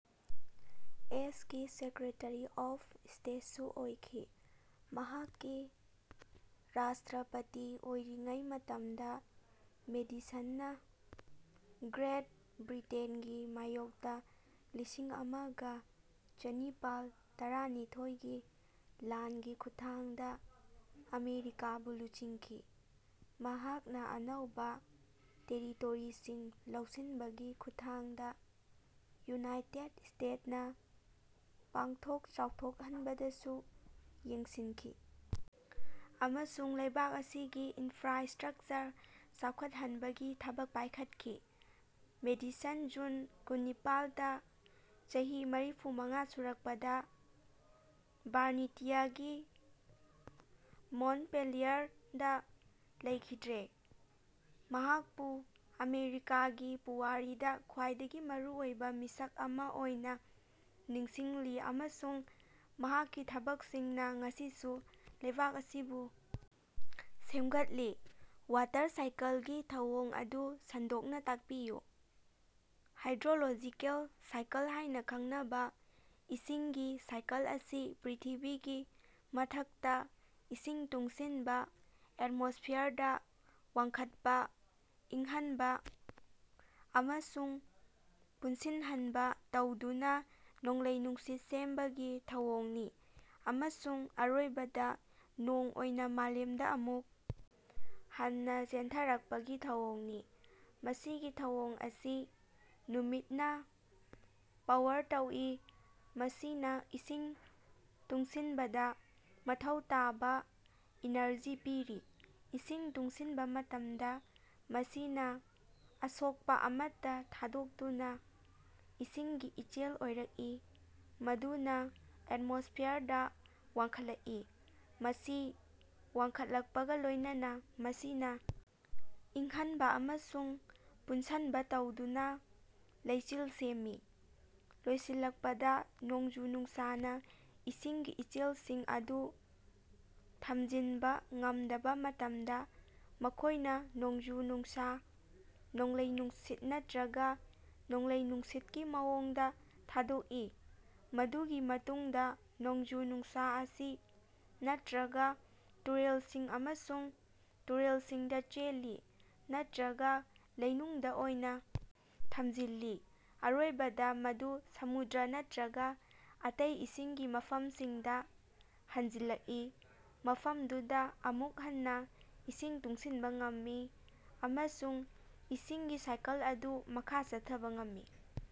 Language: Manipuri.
ꯑꯦꯁ ꯀꯤ ꯁꯦꯀ꯭ꯔꯦꯇꯔꯤ ꯑꯣꯐ ꯁ꯭ꯇꯦꯠꯁꯨ ꯑꯣꯏꯈꯤ꯫ ꯃꯍꯥꯛꯀꯤ ꯔꯥꯁꯇ꯭ꯔꯥꯄꯇꯤ ꯑꯣꯏꯔꯤꯉꯩ ꯃꯇꯝꯗ ꯃꯦꯗꯤꯁꯟꯅ ꯒ꯭ꯔꯦꯠ ꯕ꯭ꯔꯤꯇꯦꯟꯒꯤ ꯃꯥꯌꯣꯛꯇ ꯂꯤꯁꯤꯡ ꯑꯃꯒ ꯆꯅꯤꯄꯥꯜ ꯇꯔꯥꯅꯤꯊꯣꯏꯒꯤ ꯂꯥꯟꯒꯤ ꯈꯨꯠꯊꯥꯡꯗ ꯑꯃꯦꯔꯤꯀꯥꯕꯨ ꯂꯨꯆꯤꯡꯈꯤ꯫ ꯃꯍꯥꯛꯅ ꯑꯅꯧꯕ ꯇꯦꯔꯤꯇꯣꯔꯤꯁꯤꯡ ꯂꯧꯁꯤꯟꯕꯒꯤ ꯈꯨꯠꯊꯥꯡꯗ ꯌꯨꯅꯥꯏꯇꯦꯗ ꯁ꯭ꯇꯦꯗ ꯅꯥ ꯄꯥꯛꯊꯣꯛ ꯆꯥꯎꯊꯣꯛꯍꯟꯕꯗꯁꯨ ꯌꯦꯡꯁꯤꯟꯈꯤ ꯑꯃꯁꯨꯡ ꯂꯩꯕꯥꯛ ꯑꯁꯤꯒꯤ ꯏꯅꯐ꯭ꯔꯥꯁꯇ꯭ꯔꯛꯆꯔ ꯆꯥꯎꯈꯠꯍꯟꯕꯒꯤ ꯊꯕꯛ ꯄꯥꯢꯈꯠꯈꯤ꯫ ꯃꯦꯗꯤꯁꯟ ꯖꯨꯟ ꯀꯨꯟꯅꯤꯄꯥꯜ ꯇꯥ ꯆꯍꯤ ꯃꯔꯤꯐꯨ ꯃꯉꯥ ꯁꯨꯔꯛꯄꯗ ꯚꯥꯔꯖꯤꯅꯤꯌꯥꯒꯤ ꯃꯣꯟꯇꯄꯦꯂꯤꯌꯔꯗ ꯂꯩꯈꯤꯗ꯭ꯔꯦ꯫ ꯃꯍꯥꯛꯄꯨ ꯑꯃꯦꯔꯤꯀꯥꯒꯤ ꯄꯨꯋꯥꯔꯤꯗ ꯈ꯭ꯋꯥꯏꯗꯒꯤ ꯃꯔꯨꯑꯣꯏꯕ ꯃꯤꯁꯛ ꯑꯃ ꯑꯣꯏꯅ ꯅꯤꯡꯁꯤꯡꯂꯤ ꯑꯃꯁꯨꯡ ꯃꯍꯥꯛꯀꯤ ꯊꯕꯛꯁꯤꯡꯅ ꯉꯁꯤꯁꯨ ꯂꯩꯕꯥꯛ ꯑꯁꯤꯕꯨ ꯁꯦꯝꯒꯠꯂꯤ꯫ ꯋꯥꯇꯔ ꯁꯥꯏꯀꯜꯒꯤ ꯊꯧꯑꯣꯡ ꯑꯗꯨ ꯁꯟꯗꯣꯛꯅ ꯇꯥꯛꯄꯤꯌꯨ꯫ ꯍꯥꯏꯗ꯭ꯔꯣꯂꯣꯖꯤꯀꯦꯜ ꯁꯥꯏꯀꯜ ꯍꯥꯢꯅ ꯈꯪꯅꯕ ꯏꯁꯤꯡꯒꯤ ꯁꯥꯏꯀꯜ ꯑꯁꯤ ꯄ꯭ꯔꯤꯊꯤꯕꯤꯒꯤ ꯃꯊꯛꯇ ꯏꯁꯤꯡ ꯇꯨꯡꯁꯤꯟꯕ ꯑꯦꯠꯃꯣꯁꯐꯤꯌꯔꯗ ꯋꯥꯡꯈꯠꯄ, ꯏꯪꯍꯟꯕ ꯑꯃꯁꯨꯡ ꯄꯨꯟꯁꯤꯟꯍꯟꯕ ꯇꯧꯗꯨꯅ ꯅꯣꯡꯂꯩ-ꯅꯨꯡꯁꯤꯠ ꯁꯦꯝꯕꯒꯤ ꯊꯧꯑꯣꯡꯅꯤ ꯑꯃꯁꯨꯡ ꯑꯔꯣꯏꯕꯗ ꯅꯣꯡ ꯑꯣꯏꯅ ꯃꯥꯂꯦꯝꯗ ꯑꯃꯨꯛ ꯍꯟꯅ ꯆꯦꯟꯊꯔꯛꯄꯒꯤ ꯊꯧꯑꯣꯡꯅꯤ꯫ ꯃꯁꯤꯒꯤ ꯊꯧꯑꯣꯡ ꯑꯁꯤ ꯅꯨꯃꯤꯠꯅ ꯄꯥꯋꯔ ꯇꯧꯏ ꯃꯁꯤꯅ ꯏꯁꯤꯡ ꯇꯨꯡꯁꯤꯟꯕꯗ ꯃꯊꯧ ꯇꯥꯕ ꯏꯅꯔꯖꯤ ꯄꯤꯔꯤ꯫ ꯏꯁꯤꯡ ꯇꯨꯡꯁꯤꯟꯕ ꯃꯇꯝꯗ ꯃꯁꯤꯅ ꯑꯁꯣꯛꯄ ꯑꯃꯠꯇ ꯊꯥꯗꯣꯛꯇꯨꯅ ꯏꯁꯤꯡꯒꯤ ꯏꯆꯦꯜ ꯑꯣꯏꯔꯛꯏ ꯃꯗꯨꯅ ꯑꯦꯠꯃꯣꯁꯐꯤꯌꯔꯗ ꯋꯥꯡꯈꯠꯂꯛꯏ꯫ ꯃꯁꯤ ꯋꯥꯡꯈꯠꯂꯛꯄꯒ ꯂꯣꯢꯅꯅꯥ ꯃꯁꯤꯅ ꯏꯪꯍꯟꯕ ꯑꯃꯁꯨꯡ ꯄꯨꯟꯁꯟꯕ ꯇꯧꯗꯨꯅꯥ ꯂꯩꯆꯤꯜ ꯁꯦꯝꯃꯤ꯫ ꯂꯣꯏꯁꯤꯜꯂꯛꯄꯗ ꯅꯣꯡꯖꯨ-ꯅꯨꯡꯁꯥꯅ ꯏꯁꯤꯡꯒꯤ ꯏꯆꯦꯜꯁꯤꯡ ꯑꯗꯨ ꯊꯝꯖꯤꯟꯕ ꯉꯝꯗꯕ ꯃꯇꯝꯗ ꯃꯈꯣꯢꯅ ꯅꯣꯡꯖꯨ-ꯅꯨꯡꯁꯥ, ꯅꯣꯡꯂꯩ-ꯅꯨꯡꯁꯤꯠ ꯅꯠꯇ꯭ꯔꯒ ꯅꯣꯡꯂꯩ-ꯅꯨꯡꯁꯤꯠꯀꯤ ꯃꯑꯣꯡꯗ ꯊꯥꯗꯣꯛꯏ꯫ ꯃꯗꯨꯒꯤ ꯃꯇꯨꯡꯗ ꯅꯣꯡꯖꯨ-ꯅꯨꯡꯁꯥ ꯑꯁꯤ ꯅꯠꯇ꯭ꯔꯒ ꯇꯨꯔꯦꯜꯁꯤꯡ ꯑꯃꯁꯨꯡ ꯇꯨꯔꯦꯜꯁꯤꯡꯗ ꯆꯦꯜꯂꯤ ꯅꯠꯇ꯭ꯔꯒ ꯂꯩꯅꯨꯡꯗ ꯑꯣꯏꯅ ꯊꯝꯖꯤꯜꯂꯤ ꯑꯔꯣꯏꯕꯗ ꯃꯗꯨ ꯁꯃꯨꯗ꯭ꯔ ꯅꯠꯇ꯭ꯔꯒ ꯑꯇꯩ ꯏꯁꯤꯡꯒꯤ ꯃꯐꯝꯁꯤꯡꯗ ꯍꯟꯖꯤꯜꯂꯛꯏ ꯃꯐꯝꯗꯨꯗ ꯑꯃꯨꯛ ꯍꯟꯅ ꯏꯁꯤꯡ ꯇꯨꯡꯁꯤꯟꯕ ꯉꯝꯃꯤ ꯑꯃꯁꯨꯡ ꯏꯁꯤꯡꯒꯤ ꯁꯥꯏꯀꯜ ꯑꯗꯨ ꯃꯈꯥ ꯆꯠꯊꯕ ꯉꯝꯃꯤ꯫